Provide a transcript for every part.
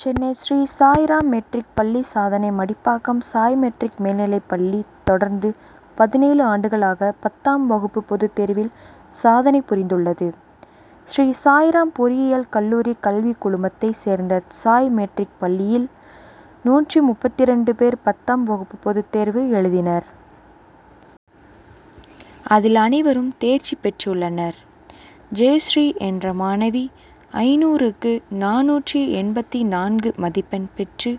Chennai Sri Sai Ram matric பள்ளி சாதனை Madipakkam Sai matric மேல்நிலைப்பள்ளி, தொடர்ந்து பதினேழு ஆண்டுகளாக பத்தாம் வகுப்பு பொதுத் தேர்வில் சாதனை புரிந்துள் ளது. ஸ்ரீ சாய்ராம் பொறியியல் கல்லூரி கல்விக் குழுமத்தை சேர்ந்த சாய் மெட்ரிக் பள்ளியில், நூற்று முப்பத்திரண்டு பேர் பத்தாம் வகுப்பு பொதுத் தேர்வு எழுதினர். அதில் அனைவரும் தேர்ச்சி பெற்றுள்ளனர். ஜெயஸ்ரீ என்ற மாணவி ஐந்நூறுக்கு நானூற்று எண்பத்து நான்கு மதிப்பெண் பெற்று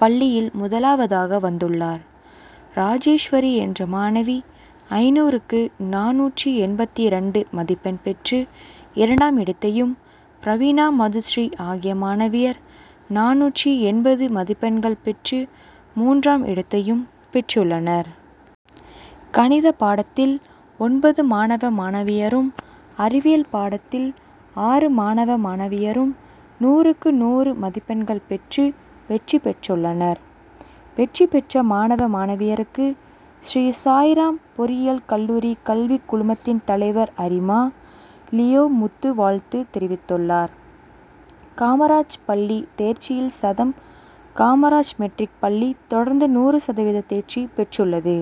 பள்ளியில் முதலாவதாக வந்துள்ளார். ராஜேஸ்வரி என்ற மாணவி ஐந்நூறுக்கு நானூற்று எண்பத்திரண்டு மதிப்பெண் பெற்று இரண்டாம் இடத்தையும், பிரவீனா, மதுஸ்ரீ ஆகிய மாணவியர் நானூற்று எண்பது மதிப் பெண்கள் பெற்று மூன்றாம் இடத்தையும் பெற்றுள்ளனர். கணித பாடத்தில் ஒன்பது மாணவ மாணவியரும், அறிவியல் பாடத்தில் ஆறு மாணவ மாணவியரும் நூறுக்கு நூறு மதிப்பெண்கள் பெற்று வெற்றி பெற்றுள்ளனர். வெற்றி பெற்ற மாணவ, மாணவியருக்கு, ஸ்ரீ சாய்ராம் பொறியியல் கல்லூரி கல்விக் குழுமத்தின் தலைவர் அரிமா. லியோ முத்து வாழ்த்து தெரிவித்தார். காமராஜ் பள்ளி தேர்ச்சியில் சதம் காமராஜ் மெட்ரிக் பள்ளி தொடர்ந்து நூறு சதவீத தேர்ச்சி பெற்றுள்ளது.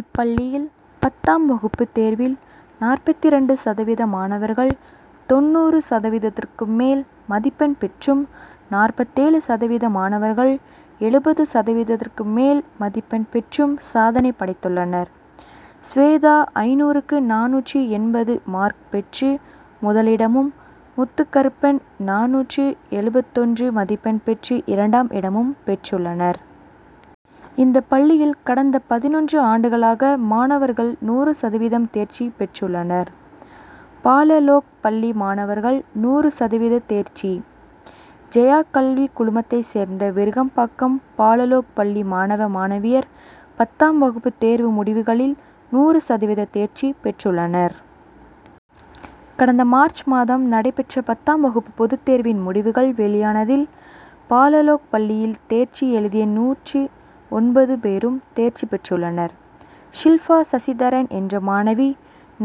இப்பள்ளியில் பத்தாம் வகுப்பு தேர்வில் நாற்பத்திரண்டு சதவீத மாணவர்கள் தொண்ணூறு சதவீதத்திற்கு மேல் மதிப்பெண் பெற்றும், நாற்பத்தேழு சதவீத மாணவர்கள் எழுபது சதவீதத்திற்கு மேல் மதிப்பெண் பெற்றும் சாதனை படைத்துள்ளனர். ஸ்வேதா ஐந்நூறுக்கு நானூற்று எண்பது மார்க் பெற்று முதலிடமும், முத்துகருப்பன் நானூற்று எழுபத்தொன்று மதிப்பெண் பெற்று இரண்டாம் இடமும் பெற்றுள்ளனர். இந்த பள்ளியில் கடந்த பதினொன்று ஆண்டுகளாக மாணவர்கள் நூறு சதவீதம் தேர்ச்சி பெற்றுள்ளனர். பாலலோக் பள்ளி மாணவர்கள் நூறு சதவீத தேர்ச்சி ஜெயா கல்விக் குழுமத்தைச் சேர்ந்த விருகம்பாக்கம் பாலலோக் பள்ளி மாணவ, மாணவியர் பத்தாம் வகுப்பு தேர்வு முடிவுகளில் நூறு சதவீத தேர்ச்சி பெற்றுள்ளனர். கடந்த மார்ச் மாதம் நடைபெற்ற பத்தாம் வகுப்பு பொதுத் தேர்வின் முடிவுகள் வெளியானதில், பாலலோக் பள்ளியில் தேர்ச்சி எழுதிய நூற்று ஒன்பது பேரும் தேர்ச்சி பெற்றுள்ளனர். ஷில்பா சசிதரன் என்ற மாணவி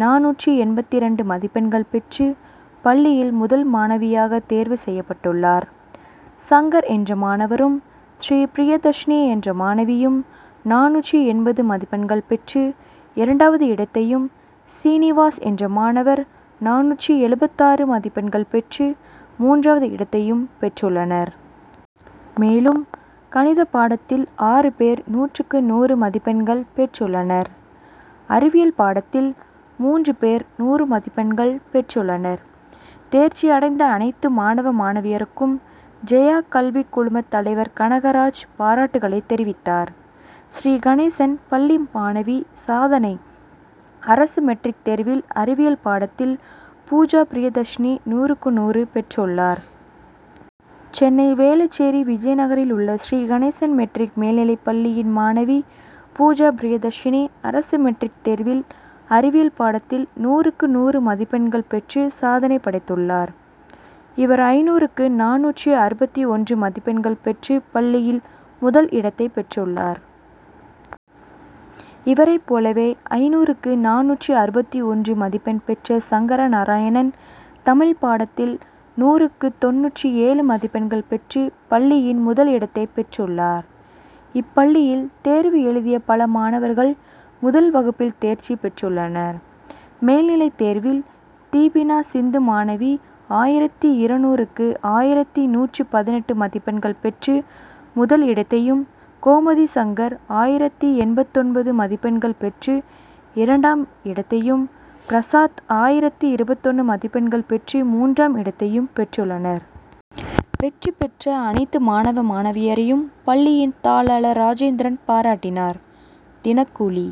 நானூற்று எண்பத்திரண்டு மதிப்பெண்கள் பெற்று, பள்ளியில் முதல் மாணவியாக தேர்வு செய்யப்பட்டுள்ளார். சங்கர் என்ற மாணவரும், ஸ்ரீபிரியதர்ஷினி என்ற மாணவியும் நானூற்று எண்பது மதிப்பெண்கள் பெற்று இரண்டாவது இடத்தையும், சீனிவாஸ் என்ற மாணவர் நானூற்று எழுபத்தாறு மதிப்பெண்கள் பெற்று மூன்றாவது இடத்தையும் பெற்றுள்ளனர். மேலும், கணிதப் பாடத்தில் ஆறு பேர் நூற்றுக்கு நூறு மதிப்பெண்கள் பெற்றுள்ளனர். அறிவியல் பாடத்தில் மூன்று பேர் நூறு மதிப்பெண்கள் பெற்றுள்ளனர். தேர்ச்சி அடைந்த அனைத்து மாணவ, மாணவியருக்கும், ஜெயா கல்விக் குழுமத் தலைவர் கனகராஜ் பாராட்டுகளை தெரிவித்தார். ஸ்ரீகணேசன் பள்ளி மாணவி சாதனை அரசு மெட்ரிக் தேர்வில் அறிவியல் பாடத்தில் பூஜா பிரியதர்ஷினி நூறுக்கு நூறு பெற்றுள்ளார். சென்னை வேளச்சேரி, விஜயநகரில் உள்ள ஸ்ரீ கணேசன் மெட்ரிக் மேல்நிலைப் பள்ளியின் மாணவி பூஜா பிரியதர்ஷினி, அரசு மெட்ரிக் தேர்வில் அறிவியல் பாடத்தில் நூறுக்கு நூறு மதிப்பெண்கள் பெற்று சாதனை படைத்துள் ளார். இவர் ஐந்நூறுக்கு நானூற்று அறுபத்து ஒன்று மதிப் பெண்கள் பெற்று பள்ளியில் முதல் இடத்தைப் பெற் றுள்ளார். இவரைப் போலவே, ஐந்நூறுக்கு நானூற்று அறுபத்து ஒன்று மதிப்பெண் பெற்ற சங்கர நாராயணன், தமிழ் பாடத்தில் நூறுக்கு தொண்ணூற்று ஏழு மதிப் பெண் பெற்று பள்ளியின் முதல் இடத்தைப் பெற்றுள்ளார். இப்பள்ளியில் தேர்வு எழுதிய பல மாணவர்கள் முதல் வகுப்பில் தேர்ச்சி பெற்றுள் ளனர். மேல்நிலைத் தேர்வில் தீபினா சிந்து மாணவி ஆயிரத்து இருநூறுக்கு ஆயிரத்து நூற்று பதினெட்டு மதிப்பெண்கள் பெற்று முதல் இடத்தையும், கோமதி சங்கர் ஆயிரத்து எண்பத்தொன்பது மதிப்பெண்கள் பெற்று இரண்டாம் இடத்தையும், பிரசாத் ஆயிரத்து இருபத்தொன்னு மதிப்பெண்கள் பெற்று மூன்றாம் இடத்தையும் பெற்றுள்ளனர். வெற்றி பெற்ற அனைத்து மாணவ, மாணவியரையும் பள்ளியின் தாளாளர் ராஜேந்திரன் பாராட்டினார். தினக்கூலி,